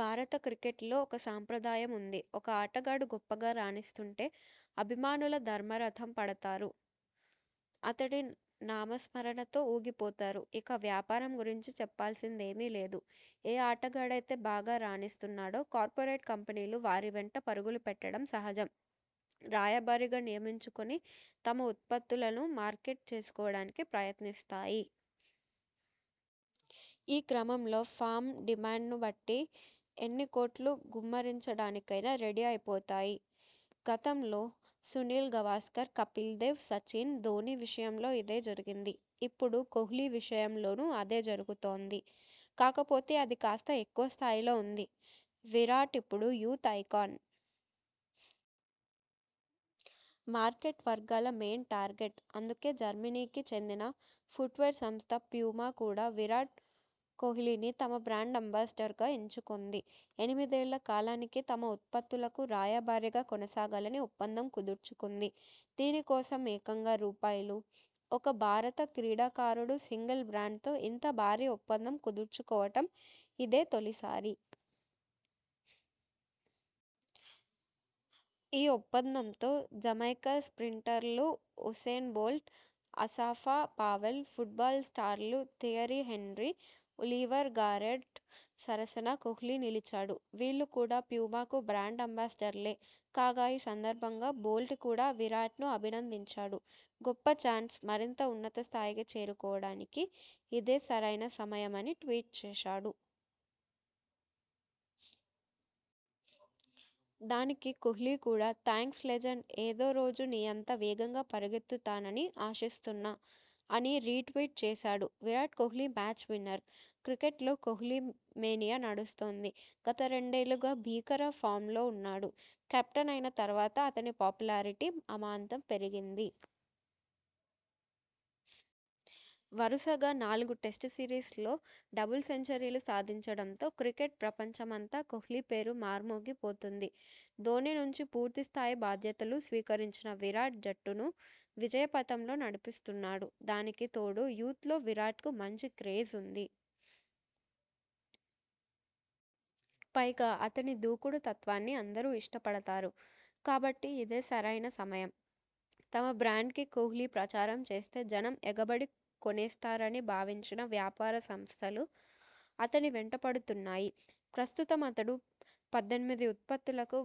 భారత క్రికెట్లో ఒక సంప్రదాయం ఉంది. ఒక ఆటగాడు గొప్పగా రాణిస్తుంటే అభిమానుల బ్రహ్మరథం పడతారు. అతడి నామస్మరణతో ఊగిపోతారు. ఇక వ్యాపారం గురించి చెప్పాల్సిందేమీ లేదు. ఏ ఆటగాడైతే బాగా రాణిస్తున్నాడో.. కార్పొరేట్ కంపెనీలు వారివెంట పరుగులు పెట్టడం సహజం. రాయబారిగా నియమించుకుని తమ ఉత్పత్తుల ను మార్కెట్ చేసుకోవడానికి ప్రయత్నిస్తాయి. ఈ క్రమంలో ఫామ్, డిమాండ్ను బట్టి ఎన్ని కోట్లు గుమ్మరించడానికైనా రెడీ అయిపోతాయి. గతంలో సునీల్ గవాస్కర్, కపిల్ దేవ్, సచిన్, ధోనీ విషయంలో ఇదే జరిగింది. ఇప్పుడు కోహ్లీ విషయంలోనూ అదే జరుగుతోంది! కాకపోతే అది కాస్త ఎక్కువ స్థాయిలో ఉంది. విరాట్ ఇప్పుడు యూత ఐకాన్..! మార్కెట్ వర్గాల మెయిన్ టార్గెట్..! అందుకే జర్మనీకి చెందిన ఫుట్వేర్ సంస్థ 'ప్యూమా' కూడా విరాట్ కోహ్లీని తమ బ్రాండ్ అంబాసిడర్గా ఎంచుకుంది. ఎనిమిదేళ్ల కాలానికి తమ ఉత్పత్తులకు రాయబారిగా కొనసాగాలని ఒప్పందం కుదుర్చుకుంది. దీని కోసం ఏకంగా రూపాయలు. ఒక భారత క్రీడాకారుడు సింగిల్ బ్రాండ్తో ఇంత భారీ ఒప్పందం కుదుర్చుకోవటం ఇదే తొలిసారి. ఈ ఒప్పందంతో జమైకా స్ర్పింటర్లు Usain Bolt, Asafa Powell, football స్టార్లు థియరీ హెన్రీ, ఒలీవర్ గెరార్డ్ సరసన కోహ్లీ నిలిచాడు. వీళ్లు కూడా ప్యూమాకు బ్రాండ్ అంబాసిడర్లే. కాగా.. ఈ సందర్భంగా బోల్ట్ కూడా విరాట్ను అభినందించాడు. 'గొప్ప చాన్స్. మరింత ఉన్నత స్థాయికి చేరుకోవడానికి ఇదే సరైన సమయమ'ని ట్వీట్ చేశాడు. దానికి కోహ్లీ కూడా 'థాంక్స్ లెజెండ్. ఏదో రోజు నీ అంత వేగంగా పరుగెత్తు తానని ఆశిస్తున్నా' అని రీ ట్వీట్ చేశాడు. Virat Kohli match winner. క్రికెట్లో కోహ్లీ మేనియా నడుస్తోంది. గత రెండేళ్లుగా భీకర ఫామ్లో ఉన్నాడు. కెప్టెన్ అయిన తర్వాత అతని పాపులారిటీ అమాంతం పెరిగింది. వరుసగా నాలుగు టెస్టు సిరీస్ ల్లో డబుల్ సెంచరీలు సాధించడంతో క్రికెట్ ప్రపంచమంతా కోహ్లీ పేరు మార్మోగి పోతోంది. ధోనీ నుంచి పూర్తి స్థాయి బాధ్యతలు స్వీకరించిన విరాట్ జట్టును విజయ పథంలో నడిపిస్తున్నాడు. దానికి తోడు యూత్ లో విరాట్కు మంచి క్రేజ్ ఉంది. పైగా అతని దూకుడు తత్వాన్ని అందరూ ఇష్ట పడతారు. కాబట్టి ఇదే సరైన సమయం. తమ బ్రాండ్కి కోహ్లీ ప్రచారం చేస్తే జనం ఎగబడి కొనేస్తారని భావించిన వ్యాపార సంస్థలు అతని వెంటపడుతున్నాయి. ప్రస్తుతం అతడు పద్దెనిమిది ఉత్పత్తులకు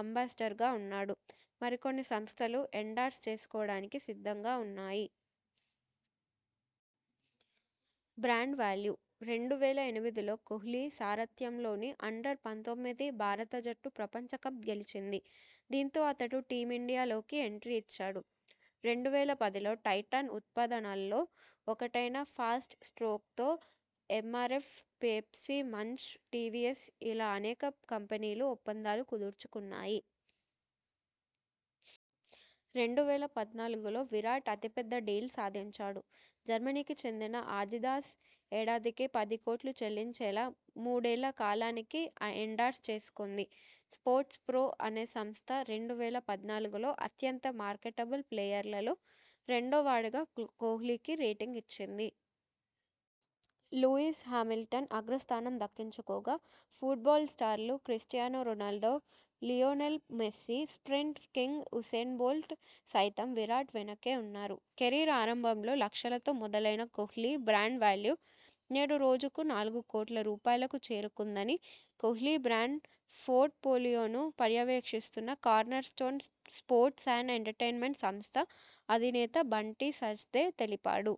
అంబాసిడర్గా ఉన్నాడు. మరికొన్ని సంస్థలు ఎండార్స్ చేసుకోవడానికి సిద్ధంగా ఉన్నాయి. Brand value. రెండు వేల ఎనిమిదిలో కోహ్లీ సారథ్యంలోని అండర్-పంతొమ్మిది భారత జట్టు ప్రపంచకప్ గెలిచింది. దీంతో అతడు టీమిండియాలోకి ఎంట్రీ ఇచ్చాడు. రెండు వేల పదిలో టైటాన్ ఉత్పాదనల్లో ఒకటైన ఫాస్ట్ స్ట్రోక్తో ఎంఆర్ఎఫ్, పెప్సీ, మంచ్, టీవీఎస్ ఇలా అనేక కంపెనీలు ఒప్పందాలు కుదుర్చుకున్నాయి. రెండు వేల పద్నాలుగులో విరాట్ అతిపెద్ద డీల్ సాధించాడు. జర్మనీకి చెందిన ఆడిడాస్ ఏడాదికి పది కోట్లు చెల్లించేలా మూడేళ్ల కాలానికి ఎండార్స్ చేసుకుంది. స్పోర్ట్స్ ప్రొ అనే సంస్థ రెండు వేల పద్నాలుగులో అత్యంత మార్కెటబుల్ ప్లేయర్లలో రెండో వాడిగా కోహ్లీకి రేటింగ్ ఇచ్చింది. లూయిస్ హామిల్టన్ అగ్రస్థానం దక్కించుకోగా.. ఫుట్బాల్ స్టార్లు Cristiano Ronaldo, Lionel Messi, sprint king Usain Bolt సైతం విరాట్ వెనకే ఉన్నారు. కెరీర్ ఆరంభంలో లక్షలతో మొదలైన కోహ్లీ బ్రాండ్ వాల్యూ నేడు రోజుకు నాలుగు కోట్ల రూపాయలకు చేరుకుందని కోహ్లీ బ్రాండ్ పోర్ట్ పోలియోను పర్యవేక్షిస్తున్న corner stone sports and entertainment సంస్థ అధినేత బంటీ సజ్దే తెలిపాడు.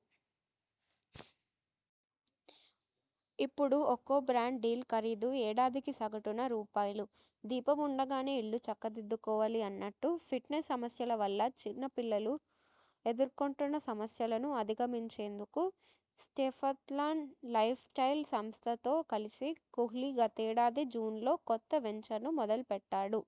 ఇప్పుడు ఒక్కో బ్రాండ్ డీల్ ఖరీదు ఏడాదికి సగటున రూపాయలు. దీపం ఉండగానే ఇల్లు చక్క దిద్దుకోవాలి అన్నట్టూ.. ఫిట్నెస్ సమస్యల వల్ల చిన్న పిల్లలు ఎదుర్కొంటున్న సమస్యలను అధిగమించేందుకు స్టెపాథ్లాన్ లైఫ్ స్టైల్ సంస్థతో కలిసి కోహ్లీ గతేడాది జూన్లో కొత్త వెంచర్ను మొదలుపెట్టాడు.